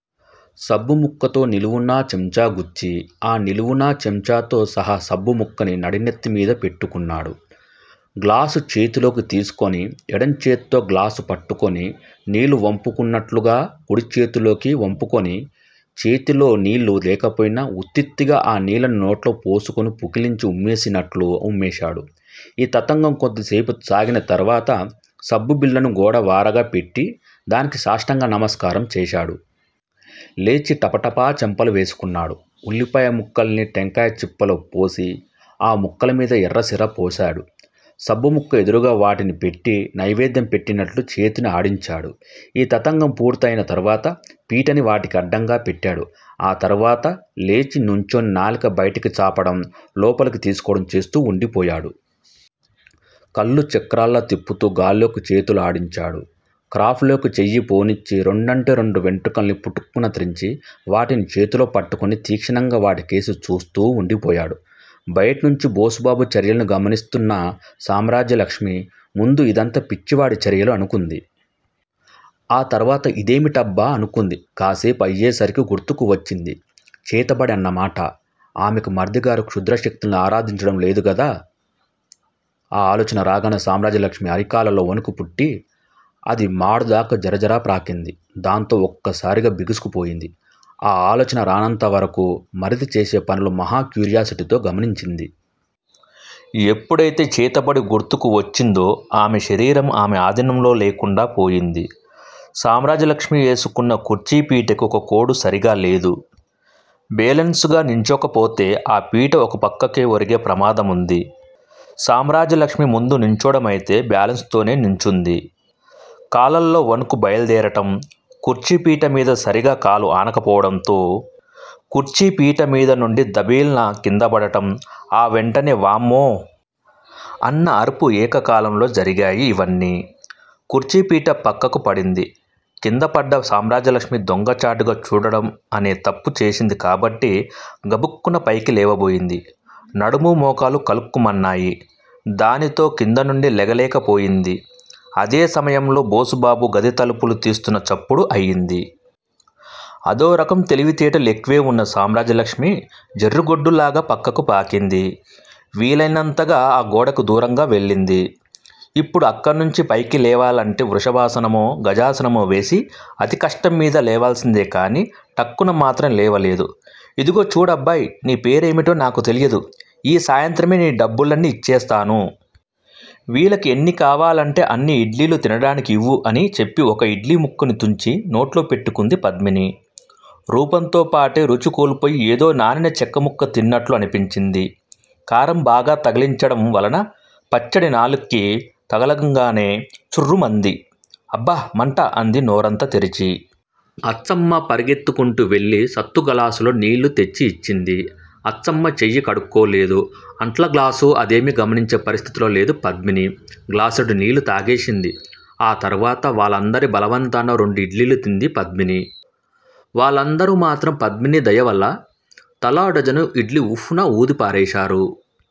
సబ్బుముక్కతో నిలువునా చెంచాగ్రుచ్చి, ఆ నిలువునా చెంచాతో సహా సబ్బు ముక్కని నడినెత్తిమీద పెట్టుకున్నాడు. గ్లాసు చేతిలోకి తీసుకొని ఎడంచేత్తో గ్లాసు పట్టుకుని నీళ్ళు వంపు కుంటున్నట్లుగా కుడిచేతిలోకి వంపుకుని, చేతిలో నీళ్లు లేకపోయినా వుత్తుత్తిగా ఆ నీళ్ళని నోట్లో పోసుకుని పుక్కిలించి ఉమ్మేసినట్లు ఉమ్మేశాడు.ఈ తతంగం కొద్దిసేపు సాగిన తరువాత, సబ్బు బిళ్ళని గోడ వారగా పెట్టి, దానికి సాష్టాంగ నమస్కారం చేశాడు. లేచి టపటపా చెంపలు వేసుకున్నాడు. ఉల్లిపాయ ముక్కల్ని టెంకాయ చిప్పలో పోసి ఆ ముక్కలమీద ఎర్రసిరా పోశాడు. సబ్బు ముక్క ఎదురుగా వాటిని పెట్టి నైవేద్యం పెట్టినట్లు చేతిని ఆడించాడు. ఈ తతంగం పూర్తయిన తరువాత. పీటని వాటికి అడ్డంగా పెట్టాడు. ఆ తరువాత లేచి నుంచొని నాలుక బయటకి చాపటం లోపలికి తీసుకోవటం చేస్తూ వుండిపోయాడు. కళ్ళు చక్రాల్లా తిప్పుతూ గాల్లోకి చేతులు ఆడించాడు. క్రాఫ్ లోకి చెయ్యి పోనిచ్చి రెండు అంటే రెండు వెంట్రుకల్ని పుటుక్కున త్రెంచి వాటిని చేతిలో పట్టుకుని తీక్షణంగా వాటికేసి చూస్తూ వుండిపోయాడు. బయట నుంచీ బోసుబాబు చర్యలని గమనిస్తూన్న సామ్రాజ్యలక్ష్మి ముందు ఇదంతా పిచ్చివాడి చర్యలు అనుకుంది. ఆ తరువాత ఇదేమిటబ్బా! అనుకుంది. కాసేపు అయ్యేసరికి గుర్తుకు వచ్చింది 'చేతబడి' అన్నమాట ఆమెకి__ మరిదిగారు క్షుద్ర శక్తుల్ని ఆరాధించటం లేదు గదా? ఆ ఆలోచన రాగానే. సామ్రాజ్యలక్ష్మి అరికాళ్ళల్లో వణుకుపుట్టి, అది మాడుదాకా జరజరా ప్రాకింది, దాంతో ఒక్కసారిగా బిగుసుకుపోయింది. ఆ ఆలోచన రానంతవరకూ, మరిది చేసే పనులు మహా క్యూరియాసిటీతో గమనించింది. ఎప్పుడయితే 'చేతబడి' గుర్తుకు వచ్చిందో. ఆమె శరీరం ఆమె ఆధీనంలో లేకుండా పోయింది. సామ్రాజ్యలక్ష్మి వేసుకున్న కుర్చీ పీటకి ఒకకోడు సరీగా లేదు. బేలన్సుగా నుంచోకపోతే ఆ పీట ఒక పక్కకి ఒరిగే ప్రమాదముంది. సామ్రాజ్యలక్ష్మి ముందు నుంచోడమయితే బాలెన్స్ తోనే నుంచుంది. కాళ్ళల్లో వణుకు బయలుదేరటం, కుర్చీపీటమీద సరీగా కాలు ఆనకపోవడంతో, కుర్చీపీటమీద నుండీ 'దభేల్' న క్రిందపడటం ఆ వెంటనే వామ్మో! అన్న అరుపు ఏకకాలంలో జరిగాయి ఇవన్నీ. కుర్చీపీట పక్కకి పడింది. కిందపడ్డ సామ్రాజ్యలక్ష్మి దొంగచాటుగా చూడడం అనే తప్పు చేసింది కాబట్టి గబుక్కున పైకి లేవబోయింది. నడుము మోకాలూ కలుక్కుమన్నాయి. దానితో క్రిందనుండి లేగాలేకపోయింది. అదే సమయంలో బోసుబాబు గది తలుపులు తీస్తున్న చప్పుడు అయింది. అదోరకం తెలివితేటలు ఎక్కువే వున్న సామ్రాజ్యలక్ష్మి, జెర్రిగొడ్డులాగా పక్కకు పాకింది. వీలైనంతగా ఆ గోడకు దూరంగా వెళ్ళింది. ఇప్పుడు అక్కడినుంచీ పైకిలేవాలంటే వృషభాసనమో, గజాసనమో వేసి అతి కష్టం మీద లేవాల్సిందే కానీ, టక్కున మాత్రం లేవలేదు. ఇదిగో చూడబ్బాయ్! నీపేరేమిటో నాకు తెలియదు. ఈ సాయంత్రమే నీ డబ్బులన్నీ ఇచ్చేస్తాను. వీళ్ళకి ఎన్ని కావాలంటే అన్ని ఇడ్లీలు తినటానికి ఇవ్వు అని చెప్పి ఒక ఇడ్లీముక్కని తుంచి నోట్లో పెట్టుకుంది పద్మిని. రూపంతో పాటే రుచి కోల్పోయి ఏదో నానిన చెక్కముక్క తిన్నట్లు అనిపించింది. కారం బాగా తగిలించటం వలన పచ్చడి నాలుక్కి తగలంగానే చుర్రుమంది. అబ్బా మంట అంది నోరంతా తెరిచి. అచ్చమ్మ పరుగెత్తుకుంటూ వెళ్ళి సత్తుగళాసుతో నీళ్ళు తెచ్చి యిచ్చింది. అచ్చమ్మ చేయి కడుక్కోలేదు. అంట్లగ్లాసు అదేమి గమనించే పరిస్థితిలో లేదు పద్మిని. గ్లాసెడు నీళ్ళు తాగేసింది. ఆ తర్వాత__ వాళ్ళందరి బలవంతాన రెండు ఇడ్లీలు తింది పద్మిని. వాళ్ళందరూ మాత్రం పద్మిని దయవల్ల తలో డజను ఇడ్లీ ఉఫ్ న వూదిపారేశారు.